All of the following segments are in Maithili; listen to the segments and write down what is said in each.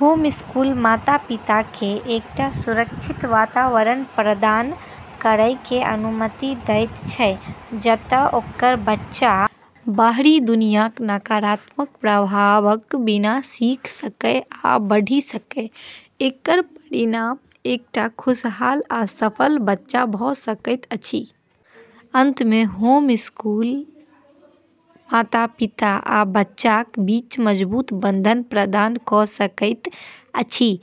होमस्कूल माता-पिताकेँ एकटा सुरक्षित वातावरण प्रदान करैके अनुमति दैत छै जतए ओकर बच्चा बाहरी दुनियाक नकारात्मक प्रभावक बिना सीख सकै आ बढ़ि सकै। एकर परिणाम एकटा खुशहाल आ सफल बच्चा भऽ सकैत अछि। अंतमे, होमस्कूल माता-पिता आ बच्चाक बीच मजबूत बंधन प्रदान कऽ सकैत अछि।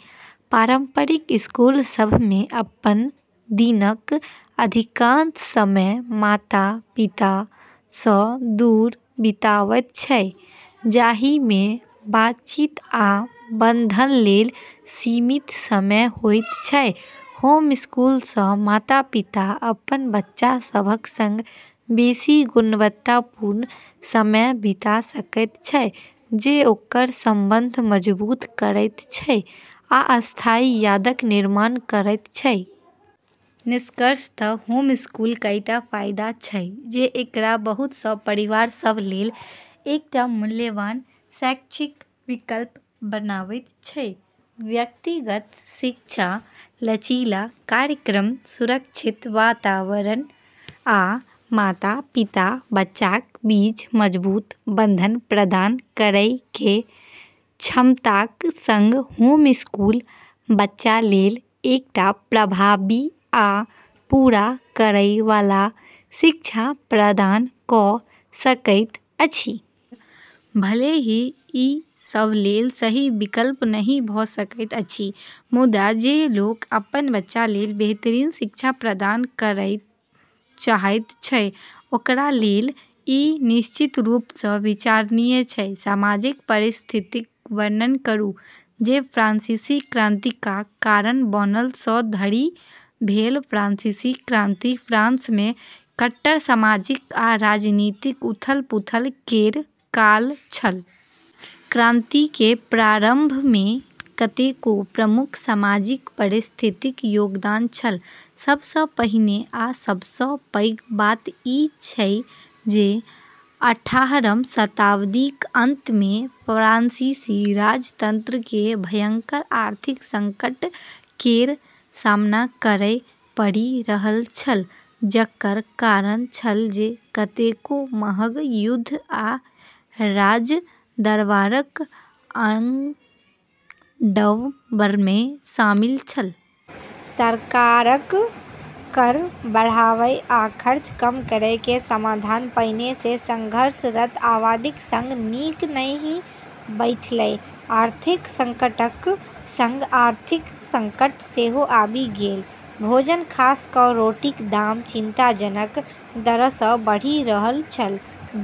पारंपरिक स्कूल सभमे बच्चा अपन दिनक अधिकांश समय माता-पितासँ दूर बितबैत छै, जाहिमे बातचीत आ बंधनलेल सीमित समय होइत छै। होमस्कूलसँ माता-पिता अपन बच्चा सभक संग बेसि गुणवत्तापूर्ण समय बिता सकैत छै, जे ओकर संबंध मजबूत करैत छै आ स्थायी यादक निर्माण करैत छै। निष्कर्षतः होमस्कूलक कईटा फायदा छै जे एकरा बहुत सँ परिवार सभलेल एकटा मूल्यवान शैक्षिक विकल्प बनाबैत छै। व्यक्तिगत शिक्षा, लचीला कार्यक्रम, सुरक्षित वातावरण, आ माता-पिता-बच्चाक बीच मजबूत बंधन प्रदान करैकेँ क्षमताक संग, होमस्कूल बच्चालेल एकटा प्रभावी आ पूरा करै वाला शिक्षा प्रदान कऽ सकैत अछि। भले ही ई सभलेल सही विकल्प नहि भऽ सकैत अछि, मुदा जे लोक अपन बच्चालेल बेहतरीन शिक्षा प्रदान करै चाहैत छै, ओकरालेल ई निश्चित रूपसँ विचारणीय छै। सामाजिक परिस्थितिक वर्णन करू जे फ्रांसीसी क्रांतिका कारण बनल सँ धरि भेल फ्रांसीसी क्रांति फ्रांसमे कट्टर सामाजिक आ राजनीतिक उथल-पुथल केर काल छल। क्रांतिकेँ प्रारंभमे कतेको प्रमुख सामाजिक परिस्थितिक योगदान छल। सबसँ पहिने आ सबसँ पैघ बात ई जे अठारहम शताब्दीक अंतमे फ्रांसीसी राजतंत्रकेँ भयंकर आर्थिक संकट केर सामना करै पड़ि रहल छल, जकर कारण छल जे कतेको महग युद्ध आ राजदरबारक आडंबरमे शामिल छल। सरकारक कर बढ़ाबै आ खर्च कम करैकेँ समाधान पहिनेसँ संघर्षरत आबादीक संग नीक नहि बैठलै। आर्थिक संकटक संग आर्थिक संकट सेहो आबि गेल। भोजन खास कऽ रोटीक दाम चिंताजनक दरसँ बढ़ि रहल छल,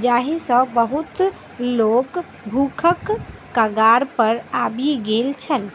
जाहिसँ बहुत लोक भूखक कगारपर आबि गेल छल।